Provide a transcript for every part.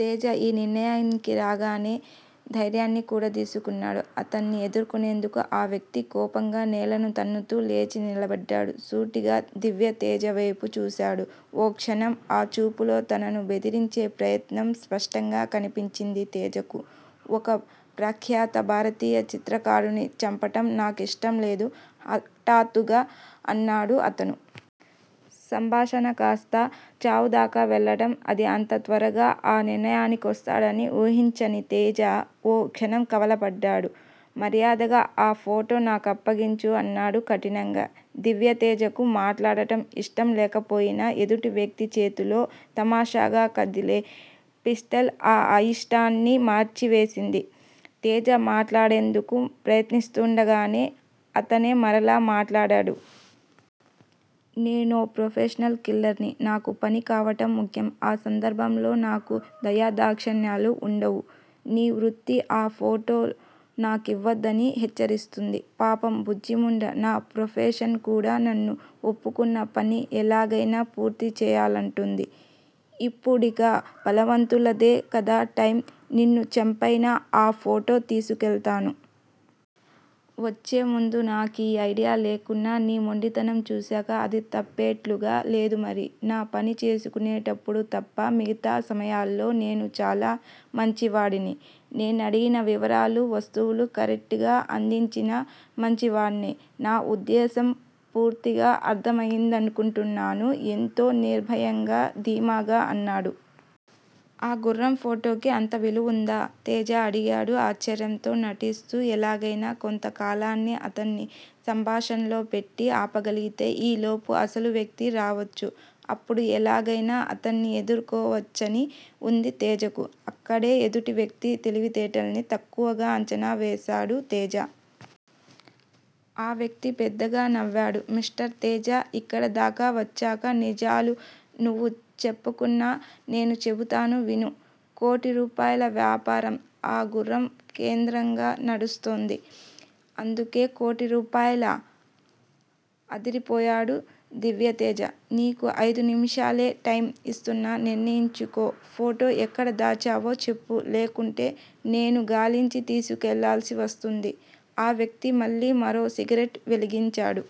తేజ ఈ నిర్ణయానికి రాగానే ధైర్యాన్ని కూడదీసుకున్నాడు. అతన్ని ఎదుర్కొనేందుకు. ఆ వ్యక్తి కోపంగా నేలను తన్నుతూ లేచి నిలబడ్డాడు. సూటిగా దివ్యతేజ వేపు చూశాడు. ఓ క్షణం ఆ చూపులో తనను బెదిరించే ప్రయత్నం స్పష్టంగా కనిపించింది తేజకు. ఒక ప్రఖ్యాత భారతీయ చిత్రకారుణ్ణి చంపటం నాకిష్టంలేదు హఠాత్తుగా అన్నాడు అతను. సంభాషణ కాస్త చావుదాకా వెళ్ళటం__అదీ అంత త్వరగా, ఆ నిర్ణయానికొస్తాడని ఊహించని తేజ ఓ క్షణం కలవరపడ్డాడు. మర్యాదగా ఆ ఫోటో నాకప్పగించు అన్నాడు కఠినంగా. దివ్యతేజకు మాట్లాడటం ఇష్టంలేకపోయినా ఎదుటి వ్యక్తి చేతిలో తమాషాగా కదిలే పిస్టల్ ఆ అయిష్టాన్ని మార్చి వేసింది. తేజ మాట్లాడేందుకు ప్రయత్నిస్తుండగానే అతనే మరలా మాట్లాడాడు. నేనో ప్రొఫెషనల్ కిల్లర్ ని. నాకు పని కావటం ముఖ్యం. ఆ సందర్భంలో నాకు దయాదాక్షిణ్యాలుండవు. నీ వృత్తి ఆ ఫోటో నాకివ్వద్దని హెచ్చరిస్తుంది. పాపం బుజ్జిముండ. నా ప్రొఫెషన్ కూడా నన్ను ఒప్పుకున్న పని ఎలాగైనా పూర్తి చేయాలంటుంది. ఇప్పుడిక బలవంతులదే కదా టైమ్ నిన్ను చంపైనా ఆ ఫోటో తీసుకెళ్తాను. వచ్చే ముందు నాకీ ఐడియా లేకున్నా నీ మొండితనం చూసాక అది తప్పేట్లుగా లేదు మరి. నా పని చేసుకునేటప్పుడు తప్ప మిగతా సమయాల్లో నేను చాలా మంచివాడిని. నేనడిగిన వివరాలు, వస్తువు, కరెక్ట్ గా అందించినా మంచివాడ్నే. నా ఉద్దేశ్యం పూర్తిగా అర్ధమయిందనుకుంటాను ఎంతో నిర్భయంగా ధీమాగా అన్నాడు. ఆ గుర్రం ఫోటోకి అంత విలువుందా తేజ అడిగాడు ఆశ్చర్యం నటిస్తూ. ఎలాగైనా కొంత కాలాన్ని అతన్ని సంభాషణలో పెట్టి ఆపగలిగితే ఈలోపు అసలు వ్యక్తి రావచ్చు. అప్పుడు ఎలాగైనా అతన్ని ఎదుర్కోవచ్చని వుంది తేజకు. అక్కడే ఎదుటి వ్యక్తి తెలివి తేటల్ని తక్కువగా అంచనా వేసాడు తేజ. ఆ వ్యక్తి పెద్దగా నవ్వాడు. మిస్టర్ తేజ ఇక్కడదాకా వచ్చాక నిజాలు నువ్వు చెప్పకున్నా నేను చెబుతాను విను కోటి రూపాయల వ్యాపారం ఆ గుర్రం కేంద్రంగా నడుస్తోంది. అందుకే కోటిరూపాయలా? అదిరిపోయాడు దివ్యతేజ. నీకు ఐదు నిమిషాలే టైం ఇస్తున్నాను నిర్ణయించుకో ఫోటో ఎక్కడ దాచావో చెప్పు లేకుంటే నేను గాలించి తీసుకెళ్ళాల్సి వస్తుంది ఆ వ్యక్తి మళ్ళీ మరో సిగరెట్ వెలిగించాడు.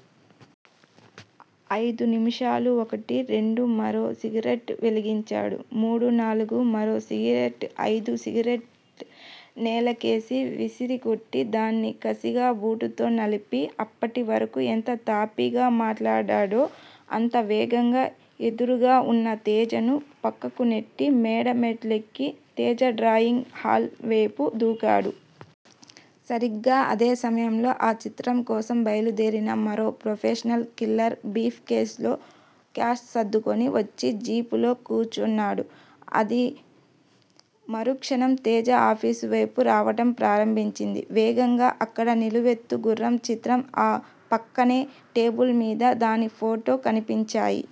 అయిదు నిమిషాలు ఒకటి రెండు మరో సిగరెట్ వెలిగించాడు మూడు నాలుగు మరో సిగరెట్ ఐదు సిగరెట్ నేలకేసి విసిరికొట్టి దాన్ని కసిగా బూటుతో నలిపి, అప్పటి వరకు ఎంత తాపీగా మాట్లాడాడో, అంత వేగంగా ఎదురుగా వున్న తేజను పక్కకునెట్టి మేడ మెట్లెక్కి తేజ డ్రాయింగ్ హాల్ వేపు దూకాడు. సరిగ్గా అదే సమయంలో ఆ చిత్రం కోసం బయలుదేరిన మరో ప్రొఫెషనల్ కిల్లర్ బ్రీఫ్ కేసులో క్యాష్ సర్దుకొని వచ్చి జీపులో కూర్చున్నాడు. అది మరుక్షణం తేజ ఆఫీసు వేపు రావటం ప్రారంభించింది వేగంగా. అక్కడ నిలువెత్తు గుర్రం చిత్రం ఆ పక్కనే టేబుల్ మీద దాని ఫోటో కనిపించాయి.